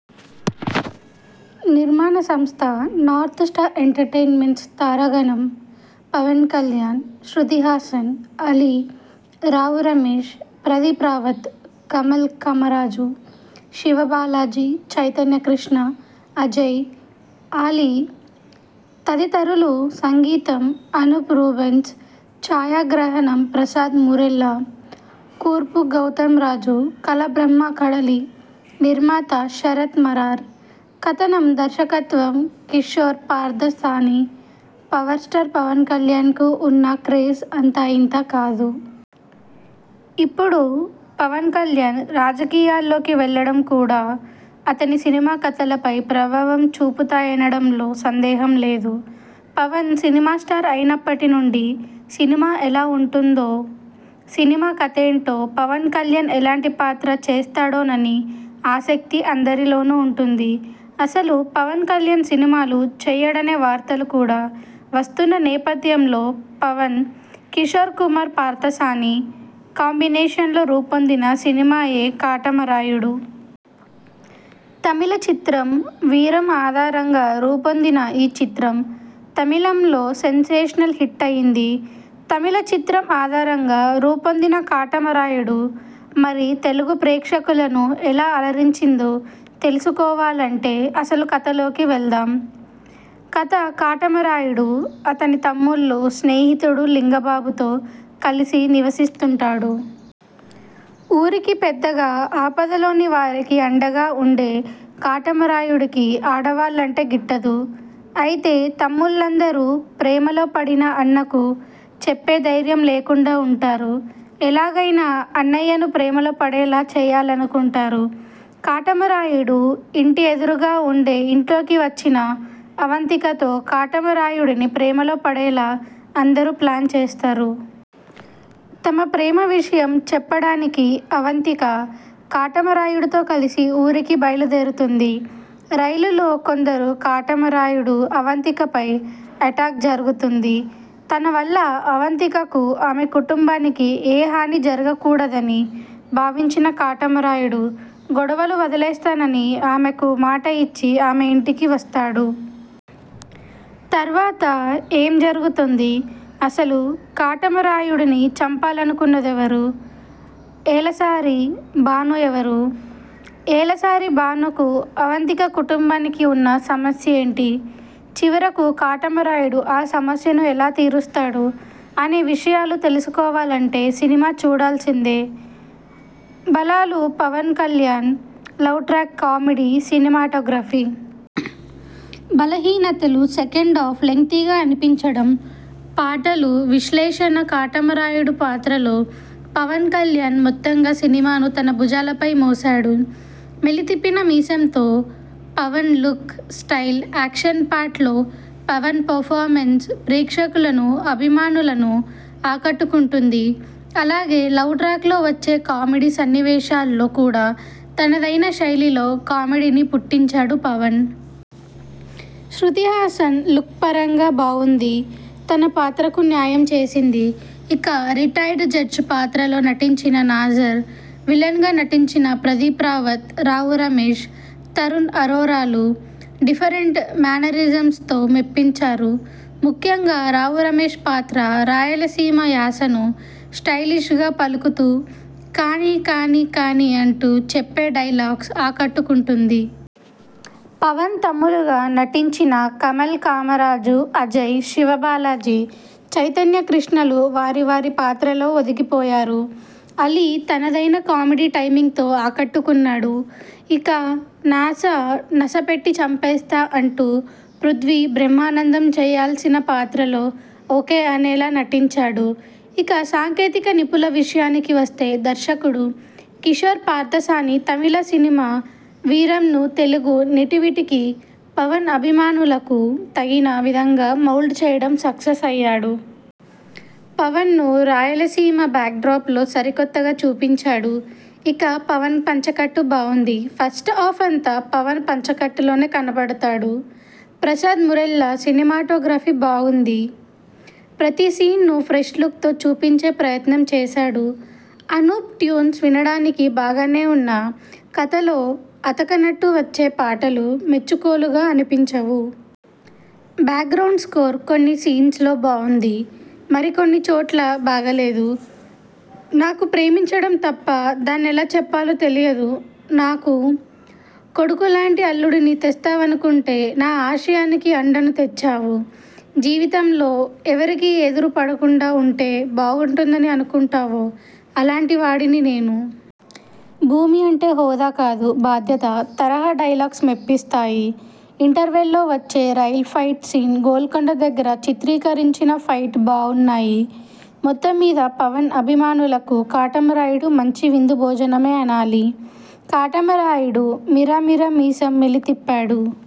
నిర్మాణ సంస్థ North Star Entertainments తారాగణం పవన్ కళ్యాణ్, శృతిహాసన్, అలీ, రావు రమేష్, ప్రదీప్ రావత్, కమల్ కామరాజు, శివ బాలాజీ, చైతన్య కృష్ణ, అజయ్, అలీ తదితరులు సంగీతం అనూప్ రూబెన్స్, ఛాయాగ్రహణం ప్రసాద్ మూరెళ్ల, కూర్పు గౌతంరాజు, కళ బ్రహ్మ కడలి, నిర్మాత శరత్ మరార్, కథనం దర్శకత్వం కిషోర్ పార్థసాని పవర్ స్టార్ పవన్ కళ్యాణ్ కు ఉన్న క్రేజ్ అంతా ఇంతా కాదు.. ఇప్పుడు పవన్ కళ్యాణ్ రాజకీయాల్లోకి వెళ్ళడం కూడా అతని సినిమా కథలపై ప్రభావం చూపుతాయనడంలో సందేహం లేదు. పవన్ సినిమా స్టార్ట్ అయినప్పటి నుండి సినిమా ఎలా ఉంటుందో, సినిమా కథేంటో, పవన్ కళ్యాణ్ ఎలాంటి పాత్ర చేస్తాడోనని ఆసక్తి అందరిలోనూ ఉంటుంది. అసలు పవన్ కళ్యాణ్ సినిమాలు చేయడనే వార్తలు కూడా వస్తున్న నేపథ్యంలో పవన్, కిషోర్ కుమార్ పార్థసాని కాంబినేషన్లో రూపొందిన సినిమాయే కాటమరాయుడు. తమిళ చిత్రం వీరం ఆధారంగా రూపొందిన ఈ చిత్రం తమిళంలో సెన్సేషనల్ హిట్ అయ్యింది. తమిళ చిత్రం ఆధారంగా రూపొందిన కాటమరాయుడు మరి తెలుగు ప్రేక్షకులను ఎలా అలరించిందో తెలుసుకోవాలంటే అసలు కథలోకి వెళదాం. కథ కాటమరాయుడు, అతని తమ్ముళ్ళు, స్నేహితుడు లింగబాబు తో కలిసి నివసిస్తుంటాడు. ఊరికి పెద్దగా, ఆపదలోని వారికి అండగా ఉండే కాటమరాయుడుకి ఆడవాళ్ళంటే గిట్టదు. అయితే తమ్ముళ్ళందరూ ప్రేమలో పడినా అన్నకు చెప్పే ధైర్యం లేకుండా ఉంటారు. ఎలాగైనా అన్నయ్యను ప్రేమలో పడేలా చేయాలనుకుంటారు. కాటమరాయుడు ఇంటి ఎదురుగా ఉండే ఇంట్లోకి వచ్చిన అవంతికతో కాటమరాయుడుని ప్రేమలో పడేలా అందరూ ప్లాన్ చేస్తారు. తమ ప్రేమ విషయం చెప్పడానికి అవంతిక, కాటమరాయుడుతో కలిసి ఊరికి బయలుదేరుతుంది. రైలులో కొందరు కాటమరాయుడు, అవంతికపై ఎటాక్ జరుగుతుంది. తన వల్ల అవంతికకు, ఆమె కుటుంబానికి ఏ హాని జరగకూడదని భావించిన కాటమరాయుడు, గొడవలు వదిలేస్తానని ఆమెకు మాట ఇచ్చి ఆమె ఇంటికి వస్తాడు. తర్వాత ఏం జరుగుతుంది? అసలు కాటమరాయుడుని చంపాలనుకున్నదెవరు? ఎలాసరి భాను ఎవరు? ఎలాసరి భానుకు, అవంతిక కుటుంబానికి ఉన్న సమస్యేంటి? చివరకు కాటమరాయుడు ఆ సమస్యను ఎలా తీరుస్తాడు? అనే విషయాలు తెలుసుకోవాలంటే సినిమా చూడాల్సిందే. బలాలు Pawan Kalyan love track comedy, cinematography. బలహీనతలు సెకండాఫ్ లెంగ్తీగా అనిపించడం. పాటలు విశ్లేషణ కాటమరాయుడు పాత్రలో పవన్ కళ్యాణ్ మొత్తంగా సినిమాను తన భుజాలపై మోశాడు. మెలి తిప్పిన మీసంతో Pawan look, style, action part లో పవన్ పెర్ఫార్మెన్స్ ప్రేక్షకులను, అభిమానులను ఆకట్టుకుంటుంది. అలాగే లవ్ ట్రాక్ లో వచ్చే కామెడి సన్నివేశాల్లో కూడా తనదైన శైళిలో కామెడిని పుట్టించాడు పవన్. శృతిహాసన్ లుక్ పరంగా బావుంది. తన పాత్రకు న్యాయం చేసింది. ఇక రిటైర్డ్ జడ్జ్ పాత్రలో నటించిన నాజర్, విలన్ గా నటించిన ప్రదీప్ రావత్, రావు రమేష్, తరుణ్ ఆరోరాలు డిఫరెంట్ మేనరిజమ్స్ తో మెప్పించారు. ముఖ్యంగా రావు రమేష్ పాత్ర రాయలసీమ యాసను స్టైలిష్ గా పలుకుతూ కానీ కానీ కానీ అంటూ చెప్పే డైలాగ్స్ ఆకట్టుకుంటుంది. పవన్ తమ్ముళ్ళుగా నటించిన కమల్ కామరాజు, అజయ్, శివబాలాజీ, చైతన్యకృష్ణలు వారి వారి పాత్రల్లో ఒదిగిపోయారు. అలీ తనదైన కామెడి టైమింగ్ తో ఆకట్టుకున్నాడు. ఇక నాసా నస పెట్టి చంపేస్తా అంటూ పృథ్వీ బ్రహ్మానందం చేయాల్సిన పాత్రలో ఓకే అనేలా నటించాడు. ఇక సాంకేతిక నిపుణుల విషయానికి వస్తే దర్శకుడు కిషోర్ పార్థసాని తమిళ సినిమా వీరంను తెలుగు నెటివిటీకి, పవన్ అభిమానులకు తగిన విధంగా మౌల్డ్ చేయడం సక్సెస్ అయ్యాడు. పవన్ను రాయలసీమ బ్యాక్ డ్రాప్ లో సరికొత్తగా చూపించాడు. ఇక పవన్ పంచెకట్టు బావుంది. ఫస్టాఫ్ అంతా పవన్ పంచెకట్టులోనే కనపడతాడు. ప్రసాద్ మూరెళ్ళ సినిమాటోగ్రఫీ బావుంది. ప్రతి సీన్ ను ఫ్రెష్ లుక్ తో చూపించే ప్రయత్నం చేశాడు. అనూప్ ట్యూన్స్ వినడానికి బాగానే ఉన్నా, కథలో అతకనట్టు వచ్చే పాటలు మెచ్చుకోలుగా అనిపించవు. బ్యాక్ గ్రాండ్ స్కోర్ కొన్ని సీన్స్ లో బావుంది. మరికొన్ని చోట్ల బాగా లేదు. నాకు ప్రేమించడం తప్ప, దాన్నెలా చెప్పాలో తెలియదు, నాకు కొడుకులాంటి అల్లుడుని తెస్తావనుకుంటే నా ఆశయానికి అండను తెచ్చావు.. జీవితంలో ఎవరికి ఎదురు పడకుండా ఉంటే బావుంటుందని అనుకుంటావో అలాంటి వాడిని నేను. భూమి అంటే హోదా కాదు, బాధ్యత తరహా డైలాగ్స్ మెప్పిస్తాయి. ఇంటర్వెల్లో వచ్చే రైల్ ఫైట్ సీన్, గోల్కొండ దగ్గర చిత్రీకరించిన ఫైట్ బావున్నాయి. మొత్తం మీద పవన్ అభిమానులకు కాటమరాయుడు మంచి విందు భోజనమే అనాలి. 'కాటమరాయుడు'మిరా మిరా మీసం మెలి తిప్పాడు